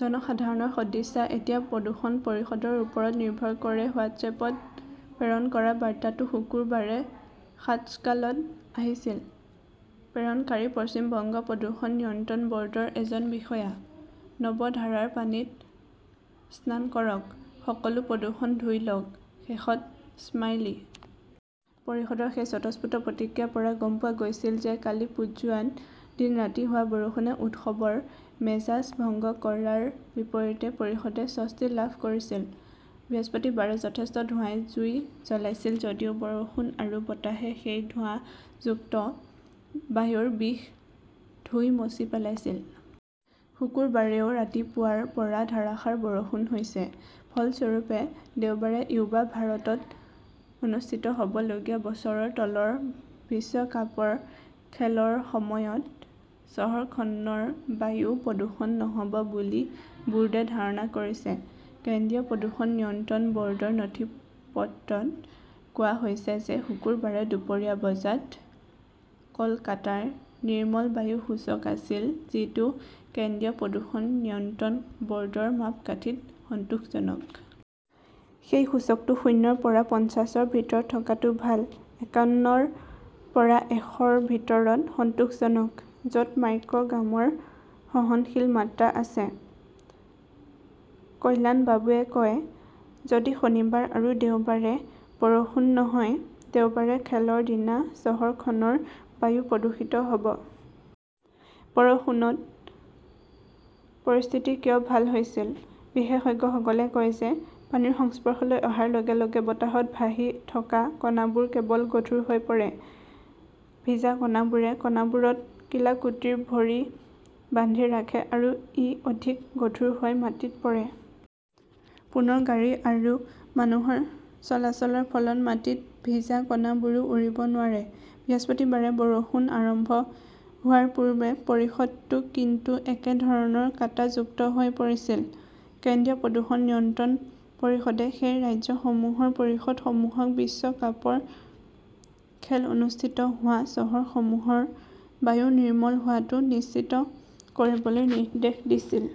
জনসাধাৰণৰ সদিচ্ছা এতিয়া প্ৰদূষণ পৰিষদৰ ওপৰত নিৰ্ভৰ কৰে হোৱাটছএপত প্ৰেৰণ কৰা বাৰ্তাটো শুক্ৰবাৰে সাতস্কালত আহিছিল। প্ৰেৰণকাৰী পশ্চিম বংগ প্ৰদূষণ নিয়ন্ত্ৰণ বৰ্ডৰ এজন বিষয়া। 'নৱধাৰাৰ পানীত স্নান কৰক। সকলো প্ৰদূষণ ধুই লওঁক। 'শেষত স্মাইলি। পৰিষদৰ সেই স্বতঃস্ফূৰ্ত প্ৰতিক্ৰিয়াৰ পৰা গম পোৱা গৈছিল যে কালিপ্পুজোৱাত দিন-ৰাতি হোৱা বৰষুণে উৎসৱৰ মেজাজ ভংগ কৰাৰ বিপৰীতে পৰিষদে স্বস্তি লাভ কৰিছিল। বৃহস্পতিবাৰে যথেষ্ট ধোঁৱাই জুই জ্বলাইছিল যদিও বৰষুণ আৰু বতাহে সেই ধোঁৱাযুক্ত বায়ুৰ বিষ ধুই মচি পেলাইছিল। শুক্ৰবাৰেও ৰাতিপুৱাৰ পৰা ধাৰাসাৰ বৰষুণ হৈছে। ফলস্বৰূপে, দেওবাৰে য়ুবা ভাৰতত অনুষ্ঠিত হবলগীয়া বছৰৰ তলৰ বিশ্বকাপৰ খেলৰ সময়ত চহৰখনৰ বায়ু প্ৰদূষণ নহব বুলি বোৰ্ডে ধাৰণা কৰিছে। কেন্দ্ৰীয় প্ৰদূষণ নিয়ন্ত্ৰণ বৰ্ডৰ নথিপত্ৰত কোৱা হৈছে যে শুকুৰবাৰে দুপৰীয়া বজাত কলকাতাৰ 'নিৰ্মল বায়ু সূচক আছিল, যিটো কেন্দ্ৰীয় প্ৰদূষণ নিয়ন্ত্ৰণ বৰ্ডৰ মাপকাঠীত' সন্তোষজনক। সেই সূচকটো শূন্য ৰ পৰা পঞ্চাশ ৰ ভিতৰত থকাটো ভাল, একান্ন ৰ পৰা এশ ৰ ভিতৰত সন্তোষজনক। য 'ত মাইক্ৰ' গ্ৰামৰ সহনশীল মাত্ৰা আছে। কল্যাণবাবুৱে কয়, যদিও শনিবাৰ আৰু দেওবাৰে বৰষুণ নহয়, দেওবাৰে খেলৰ দিনা চহৰখনৰ বায়ু প্ৰদূষিত নহব। বৰষুণত পৰিস্থিতি কিয় ভাল হৈছিল? বিশেষজ্ঞসকলে কয় যে পানীৰ সংস্পৰ্শলৈ অহাৰ লগে-লগে বতাহত ভাহি থকা কণাবোৰ কেৱল গধুৰ হৈ পৰে। ভিজা কণাবোৰে কণাবোৰত কিলাকুটিৰ ভৰি বান্ধি ৰাখে আৰু ই অধিক গধুৰ হৈ মাটিত পৰে। পুনৰ গাড়ী আৰু মানুহৰ চলাচলৰ ফলত মাটিত ভিজা কণাবোৰো উৰিব নোৱাৰে। বৃহস্পতিবাৰে বৰষুণ আৰম্ভ হোৱাৰ পূৰ্বে পৰিষদটো কিন্তু একেধৰণৰ 'কাঁটাযুক্ত হৈ পৰিছিল। কেন্দ্ৰীয় প্ৰদূষণ নিয়ন্ত্ৰণ পৰিষদে সেই ৰাজ্যসমূহৰ পৰিষদসমূহক বিশ্বকাপৰ খেল অনুষ্ঠিত হোৱা চহৰসমূহৰ বায়ু নিৰ্মল হোৱাটো নিশ্চিত কৰিবলৈ নিৰ্দেশ দিছিল।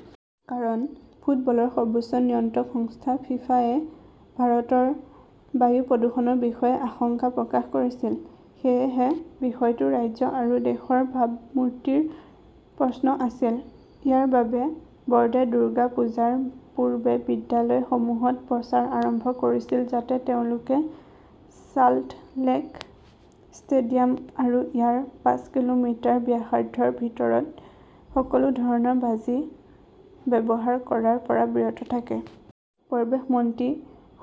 কাৰণ, ফুটবলৰ সৰ্বোচ্চ নিয়ন্ত্ৰক সংস্থা ফিফা-য়ে ভাৰতৰ বায়ু প্ৰদূষণৰ বিষয়ে আশংকা প্ৰকাশ কৰিছিল। সেয়েহে, বিষয়টো ৰাজ্য আৰু দেশৰ ভাবমূৰ্তিৰ প্ৰশ্ন আছিল। ইয়াৰ বাবে, বৰ্ডে দুৰ্গা পূজাৰ পূৰ্বে বিদ্যালয়সমূহত প্ৰচাৰ আৰম্ভ কৰিছিল যাতে তেওঁলোকে চাল্টলেক ষ্টেডিয়াম আৰু ইয়াৰ পাঁচ কিলোমিটাৰ ব্যাসাৰ্ধৰ ভিতৰত সকলো ধৰণৰ বাজি ব্যৱহাৰ কৰাৰ পৰা বিৰত থাকে। পৰিৱেশ মন্ত্ৰী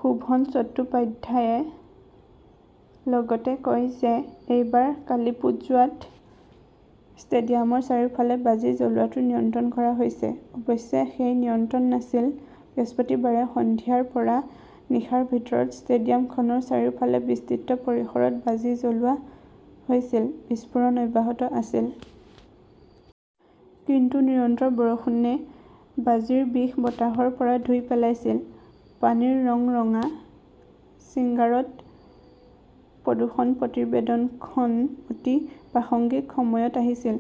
শোভন চট্টোপাধ্যায়ে লগতে কয় যে এইবাৰ কালিপ্পুজোৱাত ষ্টেডিয়ামৰ চাৰিওফালে বাজি জ্বলোৱাটো নিয়ন্ত্ৰণ কৰা হৈছে। অৱশ্যে সেই নিয়ন্ত্ৰণ নাছিল। বৃহস্পতিবাৰে সন্ধিয়াৰ পৰা নিশাৰ ভিতৰত ষ্টেডিয়ামখনৰ চাৰিওফালে বিস্তৃত পৰিসৰত বাজি জ্বলোৱা হৈছিল, বিস্ফোৰণ অব্যাহত আছিল। কিন্তু নিৰন্তৰ বৰষুণে বাজিৰ বিষ বতাহৰ পৰা ধুই পেলাইছিল। পানীৰ ৰং ৰঙা, সিংগাৰত প্ৰদূষণ প্ৰতিবেদনখন অতি প্ৰাসংগিক সময়ত আহিছিল।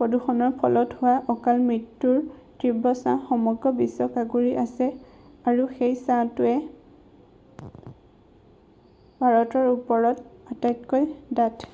প্ৰদূষণৰ ফলত হোৱা অকাল মৃত্যুৰ তীব্ৰ ছাঁ সমগ্ৰ বিশ্বক আগুৰি আছে, আৰু সেই ছাঁটোৱে ভাৰতৰ ওপৰত আটাইতকৈ ডাঠ।